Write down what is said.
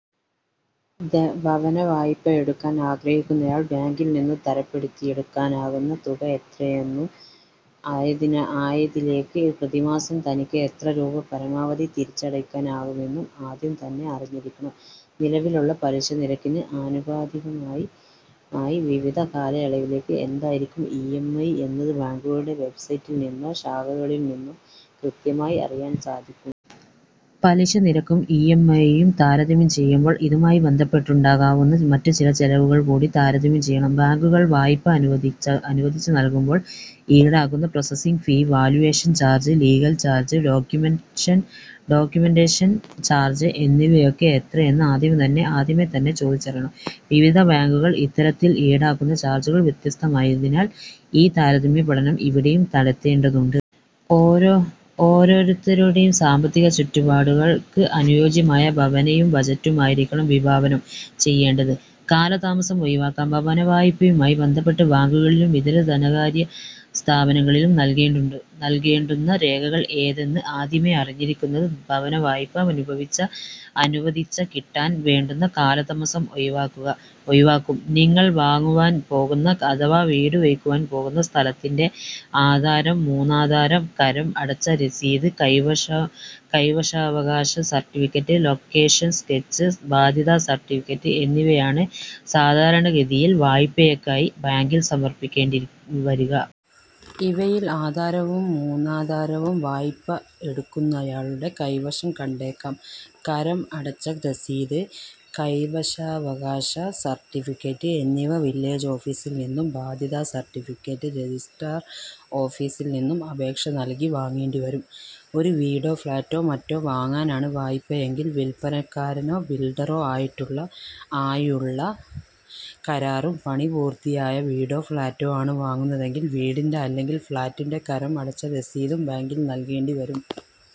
ഭവനവായ്പ എടുക്കാൻ ആഗ്രഹിക്കുന്നയാൾ ബാങ്കിൽനിന്നും തരപ്പെടുത്തിയെടുക്കാനാകുന്ന തുക എത്രയെന്നും ആയതിലേക്ക് പ്രതിമാസം തനിക്ക് എത്ര രൂപ പരമാവധി തിരിച്ചടയ്ക്കാനാകുമെന്നും ആദ്യം തന്നെ അറിഞ്ഞിരിക്കണം. നിലവിലുള്ള പലിശനിരക്കിന് ആനുപാതികമായി വിവിധ കാലയളവിലേക്ക് എന്തായിരിക്കും ഇ. എം. ഐ. എന്നത് ബാങ്കുകളുടെ വെബ്സൈറ്റിൽനിന്നോ ശാഖകളിൽനിന്നോ കൃത്യമായി അറിയാൻ സാധിക്കും. പലിശനിരക്കും ഇ. എം. ഐ. യും താരതമ്യം ചെയ്യുമ്പോൾ ഇതുമായി ബന്ധപ്പെട്ടുണ്ടാകാവുന്ന മറ്റുചില ചെലവുകൾകൂടി താരതമ്യം ചെയ്യണം. ബാങ്കുകൾ വായ്പ അനുവദിച്ചു നൽകുമ്പോൾ ഈടാക്കുന്ന processing fee, valuation charge, legal charge, documentation charge എന്നിവയൊക്കെ എത്രയെന്ന് ആദ്യമേതന്നെ ചോദിച്ചറിയണം. വിവിധ ബാങ്കുകൾ ഇത്തരത്തിൽ ഈടാക്കുന്ന ചാർജുകൾ വ്യത്യസ്തമായതിനാൽ ഒരു താരതമ്യപഠനം ഇവിടെയും നടത്തേണ്ടതുണ്ട്. ഓരോരുത്തരുടെയും സാമ്പത്തിക ചുറ്റുപാടുകൾക്ക് അനുയോജ്യമായ ഭവനവും ബജറ്റും ആയിരിക്കണം വിഭാവനം ചെയ്യേണ്ടത്. കാലതാമസം ഒഴിവാക്കാം ഭവനവായ്പയുമായി ബന്ധപ്പെട്ട് ബാങ്കുകളിലും ഇതര ധനകാര്യ സ്ഥാപനങ്ങളിലും നൽകേണ്ടുന്ന രേഖകൾ ഏതെന്ന് ആദ്യമേ അറിഞ്ഞിരിക്കുന്നത് ഭവനവായ്പ അനുവദിച്ചു കിട്ടാൻ വേണ്ടുന്ന കാലതാമസം ഒഴിവാക്കും. നിങ്ങൾ വാങ്ങുവാൻ പോകുന്ന അഥവാ വീടുവയ്ക്കുവാൻ പോകുന്ന സ്ഥലത്തിന്റെ ആധാരം, മുന്നാധാരം, കരം അടച്ച രസീത്, കൈവശാവകാശ സർട്ടിഫിക്കറ്റ്, ലൊക്കേഷൻ സ്കെച്ച്, ബാധ്യതാ സർട്ടിഫിക്കറ്റ് എന്നിവയാണ് സാധാരണ ഗതിയിൽ വായ്പയ്ക്കായി ബാങ്കിൽ സമർപ്പിക്കേണ്ടിവരിക. ഇവയിൽ ആധാരവും മുന്നാധാരവും വായ്പ എടുക്കുന്നയാളുടെ കൈവശം കണ്ടേക്കാം. കരം അടച്ച രസീത്, കൈവശാവകാശ സർട്ടിഫിക്കറ്റ് എന്നിവ വില്ലേജ് ഓഫീസിൽനിന്നും ബാധ്യത സർട്ടിഫിക്കറ്റ് രജിസ്ട്രാർ ഓഫീസിൽനിന്നും അപേക്ഷ നൽകി വാങ്ങേണ്ടി വരും. ഒരു വീടോ ഫ്ളാറ്റോ മറ്റോ വാങ്ങാനാണ് വായ്പയെങ്കിൽ വില്പനക്കാരനോ ബിൽഡറോ ആയുള്ള കരാറും പണിപൂർത്തിയായ വീടോ ഫ്ളാറ്റോ ആണ് വാങ്ങുന്നതെങ്കിൽ വീടിന്റെ അല്ലെങ്കിൽ ഫ്ളാറ്റിന്റെ കരം അടച്ച രസീതും ബാങ്കിൽ നൽകേണ്ടി വരും.